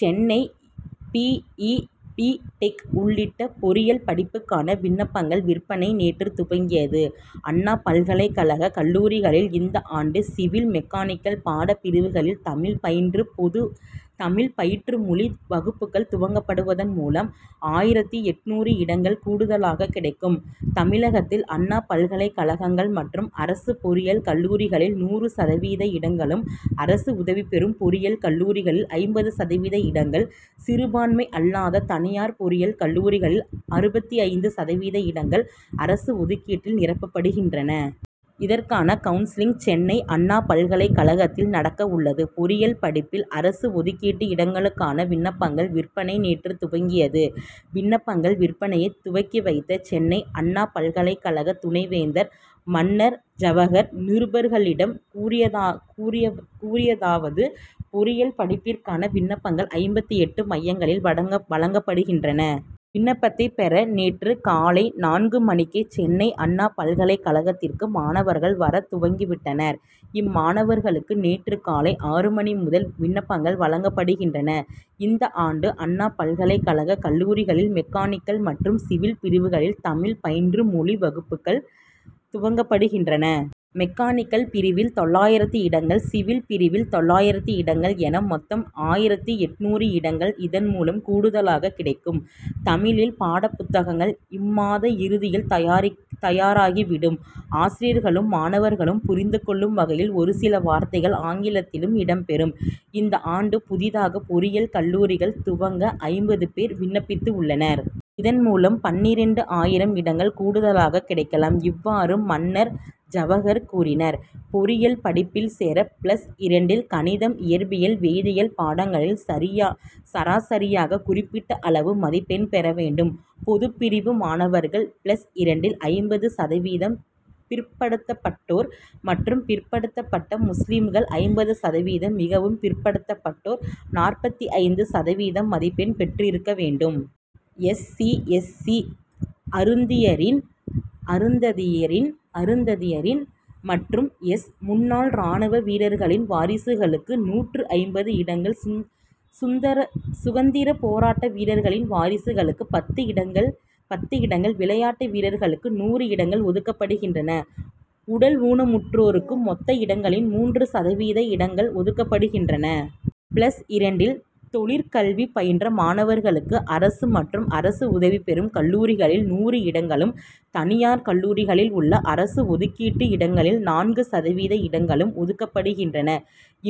Chennai B. E. B. Tech. உள்ளிட்ட பொறியியல் படிப்புகளுக்கான விண்ணப்பங்கள் விற்பனை நேற்று துவங்கியது. அண்ணா பல்கலைக் கழக கல்லூரிகளில் இந்த ஆண்டு சிவில் மெக்கானிக்கல் பாடப்பிரிவுகளில் தமிழ் பயிற்று மொழி வகுப்புகள் துவக்கப்படுவதன் மூலம் ஆயிரத்து எண்ணூறு இடங்கள் கூடுதலாக கிடைக்கும். தமிழகத்தில் அண்ணா பல்கலைக் கழகங்கள் மற்றும் அரசு பொறியியல் கல்லூரிகளில் நூறு சதவீத இடங்களும் அரசு உதவிபெறும் பொறியியல் கல்லூரிகளில் எண்பது சதவீத இடங்கள் சிறுபான்மை தனியார் பொறியியல் கல்லூரிகளில் ஐம்பது சதவீத இடங்கள் சிறுபான்மை அல்லாத தனியார் பொறியியல் கல்லூரிகளில் அறுபத்தைந்து சதவீத இடங்கள் அரசு ஒதுக்கீட்டில் நிரப்பப்படுகின்றன. இதற்கான கவுன்சிலிங் சென்னை அண்ணா பல்கலைக் கழகத்தில் நடக்கவுள்ளது. பொறியியல் படிப்பில் அரசு ஒதுக்கீட்டு இடங்களுக்கான விண்ணப்பங்கள் விற்பனை நேற்று துவங்கியது. விண்ணப்பங்கள் விற்பனையை துவக்கி வைத்த சென்னை அண்ணா பல்கலைக் கழக துணைவேந்தர் மன்னர் ஜவகர் நிருபர்களிடம் கூறியதாவது பொறியியல் படிப்பிற்கான விண்ணப்பங்கள் ஐம்பத்தெட்டு மையங்களில் வழங்கப்படுகின்றன. விண்ணப்பத்தை பெற நேற்று காலை நான்கு மணிக்கே சென்னை அண்ணா பல்கலைக் கழகத்திற்கு மாணவர்கள் வரத் துவங்கி விட்டனர். இம்மாணவர்களுக்கு நேற்று காலை ஆறு மணி முதல் விண்ணப்பங்கள் வழங்கப்படுகின்றன. இந்த ஆண்டு அண்ணா பல்கலைக் கழக கல்லூரிகளில் மெக்கானிக்கல் மற்றும் சிவில் பிரிவுகளில் தமிழ் பயிற்று மொழி வகுப்புகள் துவக்கப்படுகின்றன. மெக்கானிக்கல் பிரிவில் தொள்ளாயிரம் இடங்கள் சிவில் பிரிவில் தொள்ளாயிரம் இடங்கள் என மொத்தம் ஆயிரத்து எண்ணூறு இடங்கள் இதன்மூலம் கூடுதலாக கிடைக்கும். தமிழில் பாடப்புத்தகங்கள் இம்மாத இறுதியில் தயாராகிவிடும். ஆசிரியர்களும் மாணவர்களும் புரிந்து கொள்ளும் வகையில் ஒரு சில வார்த்தைகள் ஆங்கிலத்திலும் இடம்பெறும். இந்த ஆண்டு புதிதாக பொறியியல் கல்லூரிகள் துவங்க ஐம்பது பேர் விண்ணப்பித்துள்ளனர். இதன்மூலம் பன்னிரண்டு ஆயிரம் இடங்கள் கூடுதலாக கிடைக்கலாம். இவ்வாறு மன்னர் ஜவகர் கூறினார் பொறியியல் படிப்பில் சேர பிளஸ் இரண்டில் கணிதம் இயற்பியல் வேதியியல் பாடங்களில் சராசரியாக குறிப்பிட்ட அளவு மதிப்பெண் பெற வேண்டும். பொதுப்பிரிவு மாணவர்கள் பிளஸ் இரண்டில் ஐம்பத்தைந்து சதவீதம் பிற்படுத்தப்பட்டோர் மற்றும் பிற்படுத்தப்பட்ட முஸ்லிம்கள் ஐம்பது சதவீதம் மிகவும் பிற்படுத்தப்பட்டோர் நாற்பத்தைந்து சதவீதம் மதிப்பெண் பெற்றிருக்க வேண்டும். எஸ். சி. எஸ். சி. அருந்ததியினர் மற்றும் எஸ். முன்னாள் ராணுவ வீரர்களின் வாரிசுகளுக்கு நூற்று ஐம்பது இடங்கள் சுதந்திரப் போராட்ட வீரர்களின் வாரிசுகளுக்கு பத்து இடங்கள் விளையாட்டு வீரர்களுக்கு நூறு இடங்கள் ஒதுக்கப்படுகின்றன. உடல் ஊனமுற்றோருக்கு மொத்த இடங்களில் மூன்று சதவீத இடங்கள் ஒதுக்கப்படுகின்றன. பிளஸ் இரண்டில் தொழிற்கல்வி பயின்ற மாணவர்களுக்கு அரசு மற்றும் அரசு உதவிபெறும் கல்லூரிகளில் நூறு இடங்களும் தனியார் கல்லூரிகளில் உள்ள அரசு ஒதுக்கீட்டு இடங்களில் நான்கு சதவீத இடங்களும் ஒதுக்கப்படுகின்றன.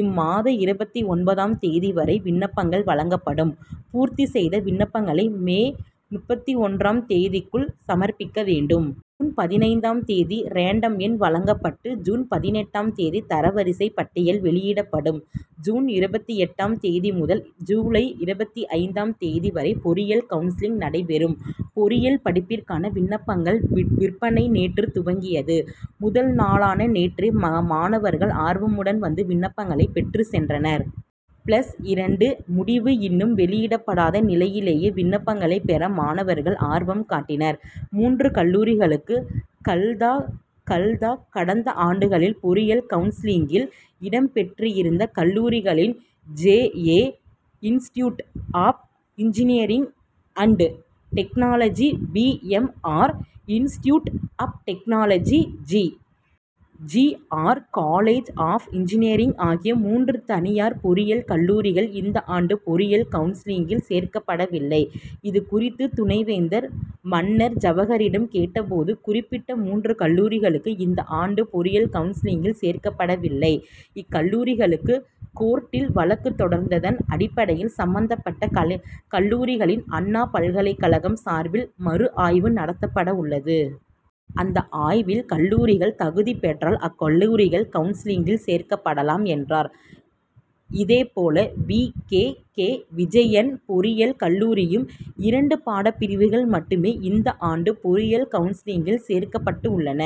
இம்மாதம் இருபத்தொன்பதாம் தேதி வரை விண்ணப்பங்கள் வழங்கப்படும். பூர்த்தி செய்த விண்ணப்பங்களை மே முப்பத்தொன்றாம் தேதிக்குள் சமர்ப்பிக்க வேண்டும். ஜூன் பதினைந்தாம் தேதி ரேண்டம் எண் வழங்கப்பட்டு ஜூன் பதினெட்டாம் தேதி தரவரிசைப் பட்டியல் வெளியிடப்படும். ஜூன் இருபத்தெட்டாம் தேதி முதல் ஜூலை இருபத்தைந்தாம் தேதி வரை பொறியியல் கவுன்சிலிங் நடைபெறும். பொறியியல் படிப்பிற்கான விண்ணப்பங்கள் விற்பனை நேற்று துவங்கியது. முதல் நாளான நேற்றே மாணவர்கள் ஆர்வமுடன் வந்து விண்ணப்பங்களை பெற்றுச் சென்றனர். பிளஸ் இரண்டு முடிவு இன்னும் வெளியிடப்படாத நிலையிலேயே விண்ணப்பங்களை பெற மாணவர்கள் ஆர்வம் காட்டினர். மூன்று கல்லூரிகளுக்கு கல்தா கடந்த ஆண்டுகளில் பொறியியல் கவுன்சிலிங்கில் இடம்பெற்றிருந்த கல்லூரிகளில் J. A. Institute of engineering and technology P. M. R. Institute of technology G. G. R. College of engineering ஆகிய மூன்று தனியார் பொறியியல் கல்லூரிகள் இந்த ஆண்டு பொறியியல் கவுன்சிலிங்கில் சேர்க்கப்படவில்லை. இதுகுறித்து துணைவேந்தர் மன்னர் ஜவகரிடம் கேட்டபோது குறிப்பிட்ட மூன்று கல்லூரிகள் இந்த ஆண்டு பொறியியல் கவுன்சிலிங்கில் சேர்க்கப்படவில்லை. இக்கல்லூரிகள் கோர்ட்டில் வழக்கு தொடர்ந்ததன் அடிப்படையில் சம்பந்தப்பட்ட கல்லூரிகளில் அண்ணா பல்கலைக் கழகம் சார்பில் மறு ஆய்வு நடத்தப்படவுள்ளது. அந்த ஆய்வில் கல்லூரிகள் தகுதி பெற்றால் அக்கல்லூரிகள் கவுன்சிலிங்கில் சேர்க்கப்படலாம் என்றார். இதேபோல வி. கே. கே. விஜயன் பொறியியல் கல்லூரியிலும் இரண்டு பாடப்பிரிவுகள் மட்டுமே இந்த ஆண்டு பொறியியல் கவுன்சிலிங்கில் சேர்க்கப்பட்டுள்ளன.